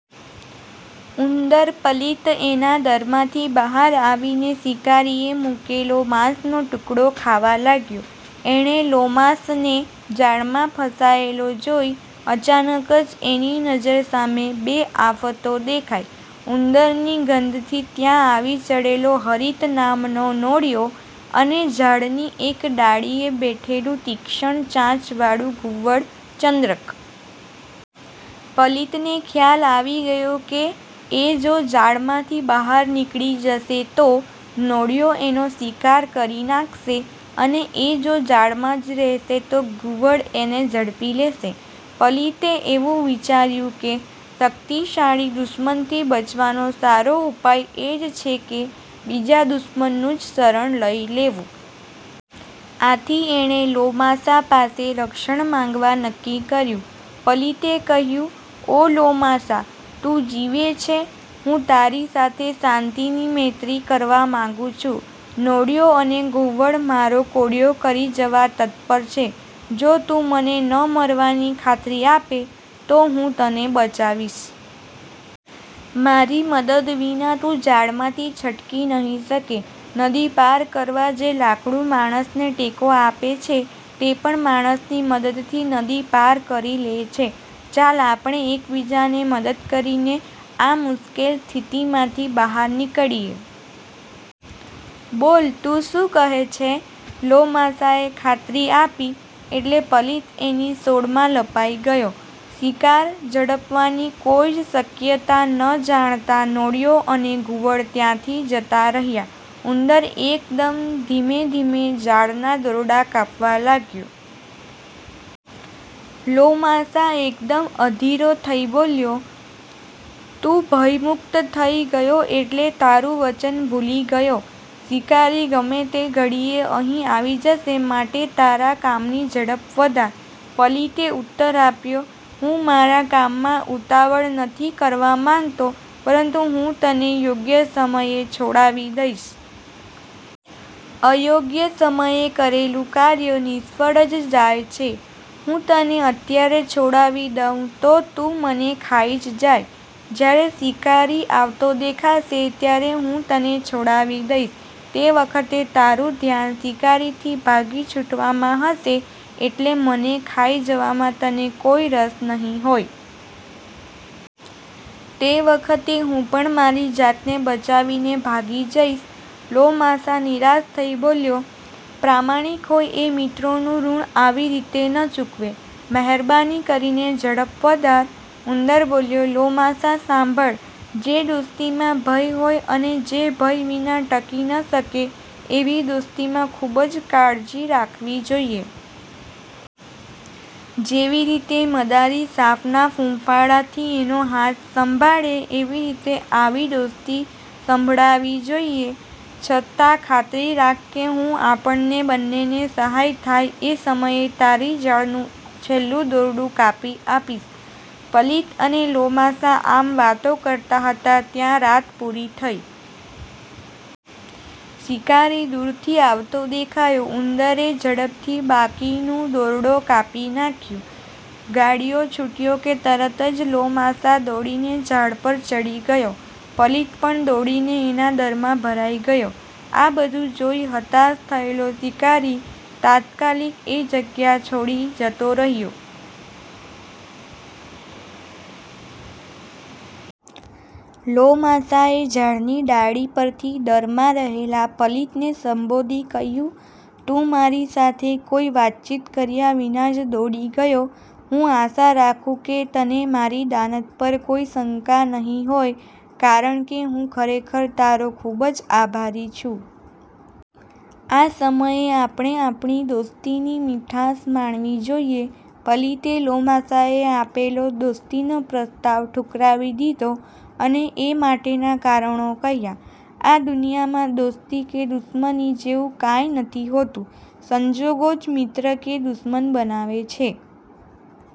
ઉંદર પલિત એના દરમાંથી બહાર આવીને શિકારીએ મુકેલો માંસનો ટુકડો ખાવા લાગ્યો. એણે લોમાસાને। જાળમાં ફસાયેલો જોયો. અચાનક જ એની નજર સામે બે આફતો દેખાઈ. ઉંદરની ગંધથી ત્યાં આવી ચઢેલો હરિત નામનો નોળિયો અને ઝાડની એક ડાળીએ બેઠેલું તીક્ષ્ણ ચાંચ વાળું ઘુવડ ચંદ્રક. પલિતને ખ્યાલ આવી ગયો કે એ જો જાળમાંથી બહાર નીકળી જશે તો નોળિયો એનો શિકાર કરી નાંખશે અને એ જો જાળમાં જ રહેશે તો ઘુવડ એને ઝડપી લેશે. પલિતે એવું વિચાર્યું કે શક્તિશાળી દુશ્મનથી બચવાનો સારો ઉપાય એ જ છે કે બીજા દુશ્મનનું જ શરણ લઇ લેવું. આથી એણે લોમાસા પાસે રક્ષણ માંગવા નક્કી કર્યું. પલિતે કહ્યું, "ઓ લોમાસા, તું જીવે છે? હું તારી સાથે શાંતિની મૈત્રી કરવા માંગું છું. નોળિયો અને ઘુવડ મારો કોળીયો કરી જવા તત્પર છે. જો તું મને ન મારવાની ખાતરી આપે તો હું તને બચાવીશ. મારી મદદ વિના તું જાળમાંથી છટકી નહીં શકે. નદી પાર કરવા જે લાકડું માણસને ટેકો આપે છે તે પણ માણસની મદદથી નદી પાર કરી લે છે. ચાલ, આપણે એક બીજાને મદદ કરીને આ મુશ્કેલ સ્થિતિમાંથી બહાર નીકળીએ. બોલ, તું શું કહે છે? " લોમાસાએ ખાતરી આપી એટલે પલિત એની સોડમાં લપાઈ ગયો. શિકાર ઝડપવાની કોઈ જ શક્યતા ન જણાતાં નોળિયો અને ઘુવડ ત્યાંથી જતા રહ્યા. ઉંદર એકદમ ધીમે ધીમે જાળના દોરડા કાપવા લાગ્યો. લોમાસા એકદમ અધીરો થઇ બોલ્યો. "તું ભયમુક્ત થઇ ગયો એટલે તારું વચન ભૂલી ગયો? શિકારી ગમે તે ઘડીએ અહીં આવી જશે માટે તારા કામની ઝડપ વધાર". પલિતે ઉત્તર આપ્યો,"હું મારા કામમાં ઉતાવળ નથી કરવા માંગતો પરંતુ હું તને યોગ્ય સમયે છોડાવી દઈશ. અયોગ્ય સમયે કરેલું કાર્ય નિષ્ફળ જ જાય છે. હું તને અત્યારે છોડાવી દઉં તો તું મને ખાઈ જ જાય. જયારે શિકારી આવતો દેખાશે ત્યારે હું તને છોડાવી દઈશ. તે વખતે તારું ધ્યાન શિકારીથી ભાગી છૂટવામાં હશે એટલે મને ખાઈ જવામાં તને કોઈ રસ નહીં હોય. તે વખતે હું પણ મારી જાતને બચાવીને ભાગી જઈશ". લોમાસા નિરાશ થઇ બોલ્યો, "પ્રમાણિક હોય એ મિત્રોનું ઋણ આવી રીતે ન ચૂકવે. મહેરબાની કરીને ઝડપ વધાર". ઉંદર બોલ્યો, "લોમાસા, સાંભળ. જે દોસ્તીમાં ભય હોય અને જે ભય વિના ટકી ન શકે એવી દોસ્તીમાં ખુબ જ કાળજી રાખવી જોઈએ. જેવી રીતે મદારી સાપના ફૂંફાડાથી એનો હાથ સંભાળે એવી રીતે આવી દોસ્તી સંભળાવી જોઈએ. છતાં ખાતરી રાખ કે હું આપણને બંનેને સહાય થાય એ સમયે તારી જાળનું છેલ્લું દોરડું કાપી આપીશ". પલિત અને લોમાસા આમ વાતો કરતા હતા ત્યાં રાત પૂરી થઇ. શિકારી દુરથી આવતો દેખાયો. ઉંદરે ઝડપથી બાકીનું દોરડો કાપી નાંખ્યું. ગાળિયો છૂટ્યો કે તરત જ લોમાસા દોડીને ઝાડ પર ચઢી ગયો. પલિત પણ દોડીને એના દરમાં ભરાઈ ગયો. આ બધું જોઈ હતાશ થયેલો શિકારી તાત્કાલિક એ જગ્યા છોડી જતો રહ્યો. લોમાસાએ ઝાડની ડાળી પરથી દરમાં રહેલા પલિતને સંબોધી કહ્યું, "તું મારી સાથે કોઈ વાતચીત કર્યા વિના જ દોડી ગયો. હું આશા રાખું કે તને મારી દાનત પર કોઈ શંકા નહીં હોય કારણકે હું ખરેખર તારો ખુબ જ આભારી છું. આ સમયે આપણે આપણી દોસ્તીની મીઠાશ માણવી જોઈએ". પલિતે લોમાસાએ આપેલો દોસ્તીનો પ્રસ્તાવ ઠુકરાવી દીધો અને એ માટેના કારણો કહ્યા. આ દુનિયામાં દોસ્તી કે દુશ્મની જેવું કાંઈ નથી હોતું. સંજોગો જ મિત્ર કે દુશ્મન બનાવે છે.